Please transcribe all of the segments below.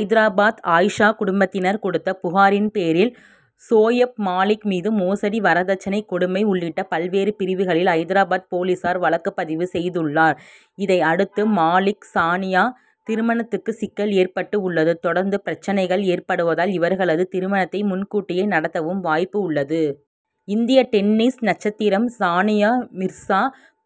ஐதராபாத் ஆயிஷா குடும்பத்தினர் கொடுத்த புகாரின் பேரில் சோயப் மாலிக் மீது மோசடி வரதட்சணை கொடுமை உள்ளிட்ட பல்வேறு பிரிவுகளில் ஐதராபாத் போலீசார் வழக்கு பதிவு செய்துள்ளார். இதை அடுத்து மாலிக்-சானியா திருமணத்துக்கு சிக்கல் ஏற்பட்டு உள்ளது. தொடர்ந்து பிரச்னைகள் ஏற்படுவதால் இவர்களது திருமணத்தை முன்கூட்டியே நடத்தவும் வாய்ப்பு உள்ளது. இந்திய டென்னிஸ் நட்சத்திரம் சானியா மிர்சா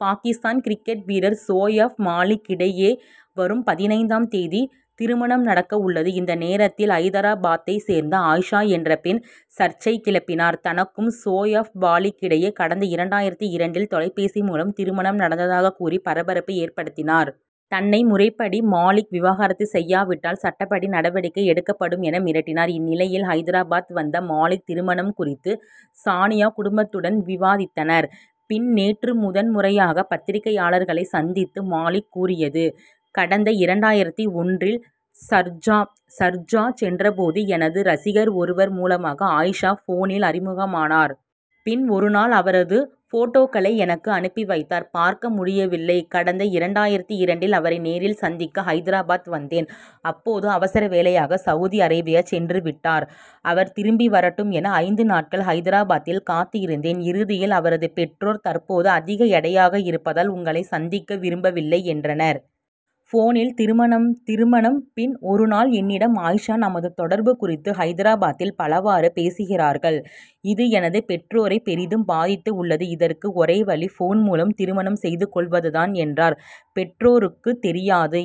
பாகிஸ்தான் கிரிக்கெட் வீரர் சோயப் மாலிக் இடையே வரும் பதினைந்து ஆம் தேதி திருமணம் நடக்க உள்ளது. இந்த நேரத்தில் ஐதரா பாத்தை சேர்ந்த ஆயிஷா என்ற பெண் சர்ச்சை கிளப்பினார். தனக்கும் சோயப் மாலிக் இடையே கடந்த இரண்டாயிரத்து இரண்டில் தொலைபேசி மூலம் திருமணம் நடந்ததாக கூறி பரபரப்பு ஏற்படுத்தினார். தன்னை முறைப் படி மாலிக் விவாகரத்து செய்யாவிட்டால் சட்டப்படி நடவடிக்கை எடுக்கப்படும் என மிரட்டினார். இந்நிலையில் ஐதராபாத் வந்த மாலிக் திருமணம் குறித்து சானியா குடும்பத்துடன் விவாதித்தார். பின் நேற்று முதன் முறையாக பத்திரிகையாளர்களை சந்தித்து மாலிக் கூறியது: கடந்த இரண்டாயிரத்து ஒன்று இல் சர்ஜா சென்ற போது எனது ரசிகர் ஒருவர் மூலமாக ஆயிஷா போனில் அறிமுகமானார். பின் ஒருநாள் அவரது போட்டோக்களை எனக்கு அனுப்பி வைத்தார். பார்க்க முடியவில்லை கடந்த இரண்டாயிரத்து இரண்டில் அவரை நேரில் சந்திக்க ஐதராபாத் வந்தேன். அப்போது அவசர வேலையாக சவுதி அரேபியா சென்றுவிட்டார். அவர் திரும்பி வரட்டும் என ஐந்து நாட்கள் ஐதராபாத்தில் காத்திருந்தேன். இறுதியில் அவரது பெற்றோர் தற்போது அதிக எடையாக இருப்பதால் உங்களை சந்திக்க விரும்ப வில்லை என்றனர். போனில் திருமணம் பின் ஒருநாள் என்னிடம் ஆயிஷா நமது தொடர்பு குறித்து ஐதராபாத்தில் பலவாறு பேசுகிறார்கள். இது எனது பெற்றோரை பெரிதும் பாதித்து உள்ளது. இதற்கு ஒரே வழி போன் மூலம் திருமணம் செய்து கொள்வது தான் என்றார். பெற்றோருக்கு தெரியாது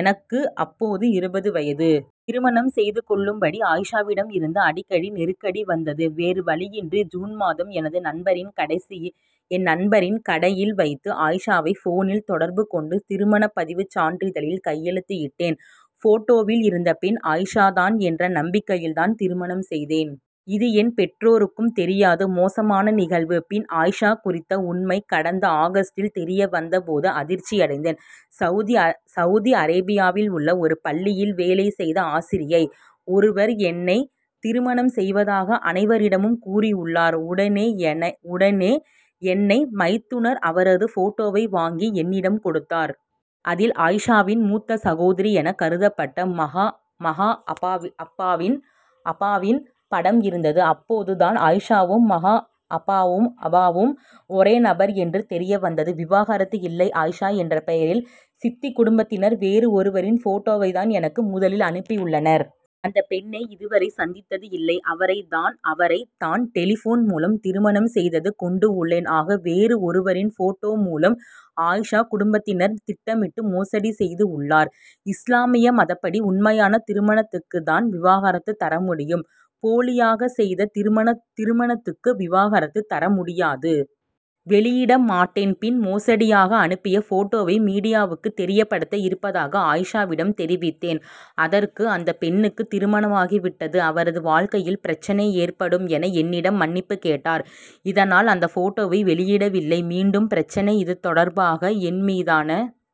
எனக்கு அப்போது இருபது வயது. திருமணம் செய்து கொள்ளும் படி ஆயிஷாவிடம் இருந்து அடிக்கடி நெருக்கடி வந்தது. வேறுவழியின்றி ஜூன் மாதம் எனது நண்பரின் கடையில் வைத்து ஆயிஷாவை போனில் தொடர்பு கொண்டு திருமணப்பதிவு சான்றிதழில் கையெழுத்திட்டேன். போட்டோவில் இருந்த பெண் ஆயிஷா தான் என்ற நம்பிக்கையில் தான் திருமணம் செய்தேன். இது என் பெற்றோருக்கு தெரியாது. மோசமான நிகழ்வு பின் ஆயிஷா குறித்த உண்மை கடந்த ஆகஸ்டில் தெரிய வந்த போது அதிர்ச்சி அடைந்தேன். சவுதி அரேபியாவில் உள்ள ஒரு பள்ளியில் வேலை செய்த ஆசிரியை ஒருவர் என்னைத் திருமணம் செய்வதாக அனைவ ரிடமும் கூறியுள்ளார். உடனே என்னை மைத்துனர் அவரது போட்டோவை வாங்கி என்னிடம் கொடுத்தார். அதில் ஆயிஷாவின் மூத்த சகோதரி என கருதப்பட்ட மகா அபாவின் படம் இருந்தது. அப்போது தான் ஆயிஷாவும் மகா அபாவும் ஒரே நபர் என்று தெரிய வந்தது. விவாகரத்து இல்லை ஆயிஷா என்ற பெயரில் சித்திக் குடும்பத்தினர் வேறு ஒருவரின் போட்டோவை தான் எனக்கு முதலில் அனுப்பியுள்ளனர். அந்த பெண்ணை இதுவரை சந்தித்தது இல்லை. அவரை தான் டெலிபோன் மூலம் திருமணம் செய்தது கொண்டுள்ளேன். ஆக வேறு ஒருவரின் போட்டோ மூலம் ஆயிஷா குடும்பத்தினர் திட்டமிட்டு மோசடி செய்து உள்ளனர். இஸ்லாமிய மதப்படி உண்மையான திருமணத்துக்குத் தான் விவாகரத்து தரமுடியும். போலியாக செய்த திருமணத் துக்கு விவாகரத்து தர முடியாது. வெளியிட மாட்டேன் பின் மோசடியாக அனுப்பிய போட்டோவை மீடியாவுக்கு தெரியப் படுத்த இருப்பதாக ஆயிஷா விடம் தெரிவித்தேன். அதற்கு அந்த பெண்ணுக்கு திருமணமாகி விட்டது. அவரது வாழ்க்கையில் பிரச்னை ஏற்படும் என என்னிடம் மன்னிப்பு கேட்டார். இதனால் அந்த போட்டோவை வெளியிட வில்லை மீண்டும் பிரச்னை இது தொடர்பாக என்மீதான